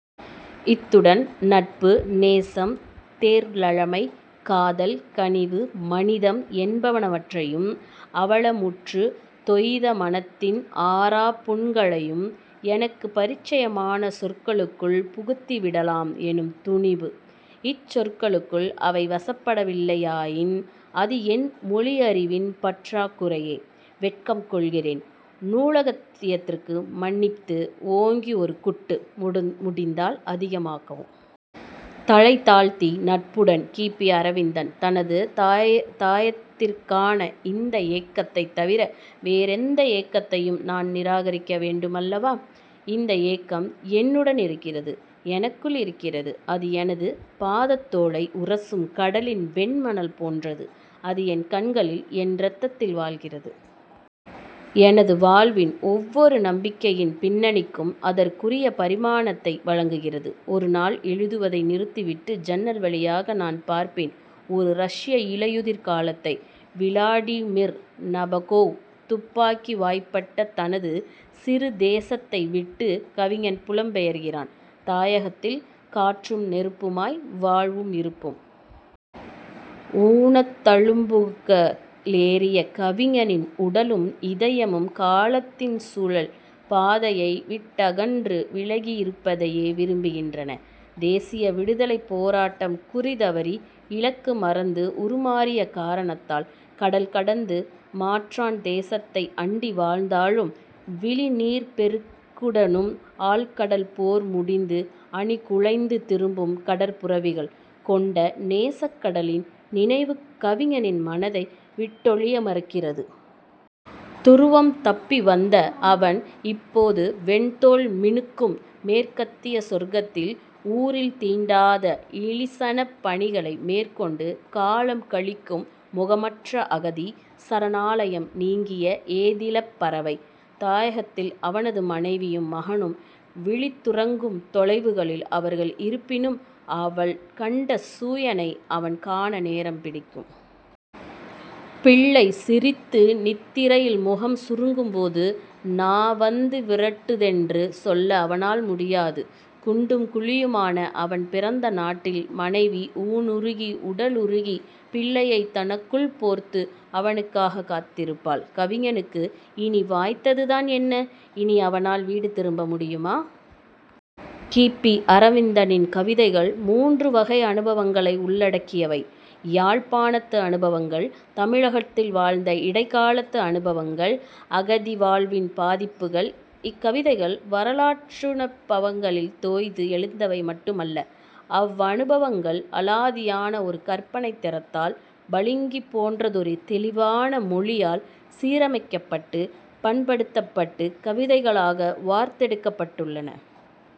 இத்துடன் நட்பு, நேசம், தேர்ழமை, காதல், கனிவு, மனிதம் என்பவனவற்றையும், அவலமுற்று தொய்த மனத்தின் ஆறாப் புண்களையும் எனக்கு பரிச்சயமான சொற்களுக்குள் புகுத்திவிடலாம் எனும் துணிபு. இச் சொற்களுக்குள் அவை வசப்படவில்லையாயின் அது என் மொழியறிவின் பற்றாக் குறையே. வெட்கம் கொள்கிறேன். நூலாக்கியதற்கு மன்னித்து ஓங்கி ஒரு குட்டு, முடிந்தால் அதிகமாகவும். தலைதாழ்த்தி, நட்புடன் கி. பி. அரவிந்தன். தனது தாயத்திற்கான இந்த ஏக்கத்தைத் தவிர வேறெந்த ஏக்கத்தையும் நாம் நிராகரிக்க வேண்டுமல்லவா? இந்த ஏக்கம் என்னுடன் இருக்கிறது. எனக்குள் இருக்கிறது. அது எனது பாதத்தோலை உரசும் கடலின் வெண்மணல் போன்றது. அது என் கண்களில், என் இரத்தத்தில் வாழ்கிறது. எனது வாழ்வின் ஒவ்வொரு நம்பிக்கையின் பின்னணிக்கும் அதற்குரிய பரிமாணத்தை வழங்குகிறது. ஒருநாள், எழுதுவதை நிறுத்திவிட்டு ஜன்னல் வழியாக நான் பார்ப்பேன் ஒரு ரஷ்ய இலையுதிர் காலத்தை. விளாடிமிர் நபகோவ் "துப்பாக்கி வாய்ப்பட்ட" தனது "சிறு தேச"த்தை விட்டுக் கவிஞன் புலம்பெயர்கிறான். தாயகத்தில் "காற்றும் நெருப்புமாய், வாழ்வும் இருப்பும்". "ஊனத்தழும்புக"ளேறிய கவிஞனின் உடலும் இதயமும் காலத்தின் "சுழல்" பாதையை விட்டகன்று விலகியிருப்பதையே விரும்புகின்றன -தேசிய விடுதலைப் போராட்டம் குறிதவறி, இலக்கு மறந்து, உருமாறிய காரணத்தால். கடல் கடந்து மாற்றான் தேசத்தை அண்டி வாழ்ந்தாலும், "விழிநீர்ப் பெருக்குடனும் ஆழ்கடல் போர் முடித்து அணிகுலைந்து திரும்பும் கடற்புரவிகள்" கொண்ட 'நேசக்கடலின்' நினைவு கவிஞனின் மனத்தை விட்டொழிய மறுக்கிறது. "துருவம் தப்பி வந்த" அவன், இப்போது "வெண்தோல் மினுங்கும்" மேற்கத்திய சொர்க்கத்தில் "ஊரில் தீண்டாத 'இழிசனப்' பணிகளை" மேற்கொண்டு காலம் கழிக்கும் முகமற்ற அகதி; சரணாலயம் நீங்கிய ஏதிலிப்பறவை. தாயகத்தில் அவனது மனைவியும் மகனும்; விழித்துறங்கும் தொலைவுகளில் அவர்கள் இருப்பினும், அவள் கண்ட சூயனை அவன் காண நேரம் பிடிக்கும். பிள்ளை சிரித்து நித்திரையில் முகம் சுருக்கும்போது, "நா வந்து விரட்டுதென்று" சொல்ல அவனால் முடியாது. "குண்டும் குழியுமான" அவன் பிறந்த நாட்டில் மனைவி" ஊனுருகி உடலுருகி" பிள்ளையைத் "தன்னுக்குள் போர்த்து" அவனுக்காகக் காத்திருப்பாள். கவிஞனுக்கு இனி வாய்த்ததுதான் என்ன? இனி அவனால் வீடு திரும்ப முடியுமா? கி. பி. அரவிந்தனின் கவிதைகள் மூன்று வகை அனுபவங்களை உள்ளடக்கியவை: யாழ்ப்பாணத்து அனுபவங்கள்; தமிழகத்தில் வாழ்ந்த இடைக்காலத்து அனுபவங்கள்; அகதிவாழ்வின் பாதிப்புகள். இக்கவிதைகள் வரலாற்றனுபவங்களில் தோய்ந்து எழுந்தவை மட்டுமல்ல. அவ்வனுபவங்கள் அலாதியான ஒரு கற்பனைத் திறத்தால், பளிங்கு போன்றதொரு தெளிவான மொழியால் சீரமைக்கப்பட்டு, பண்படுத்தப்பட்டுக் கவிதைகளாக வார்த்தெடுக்கப்பட்டுள்ளன.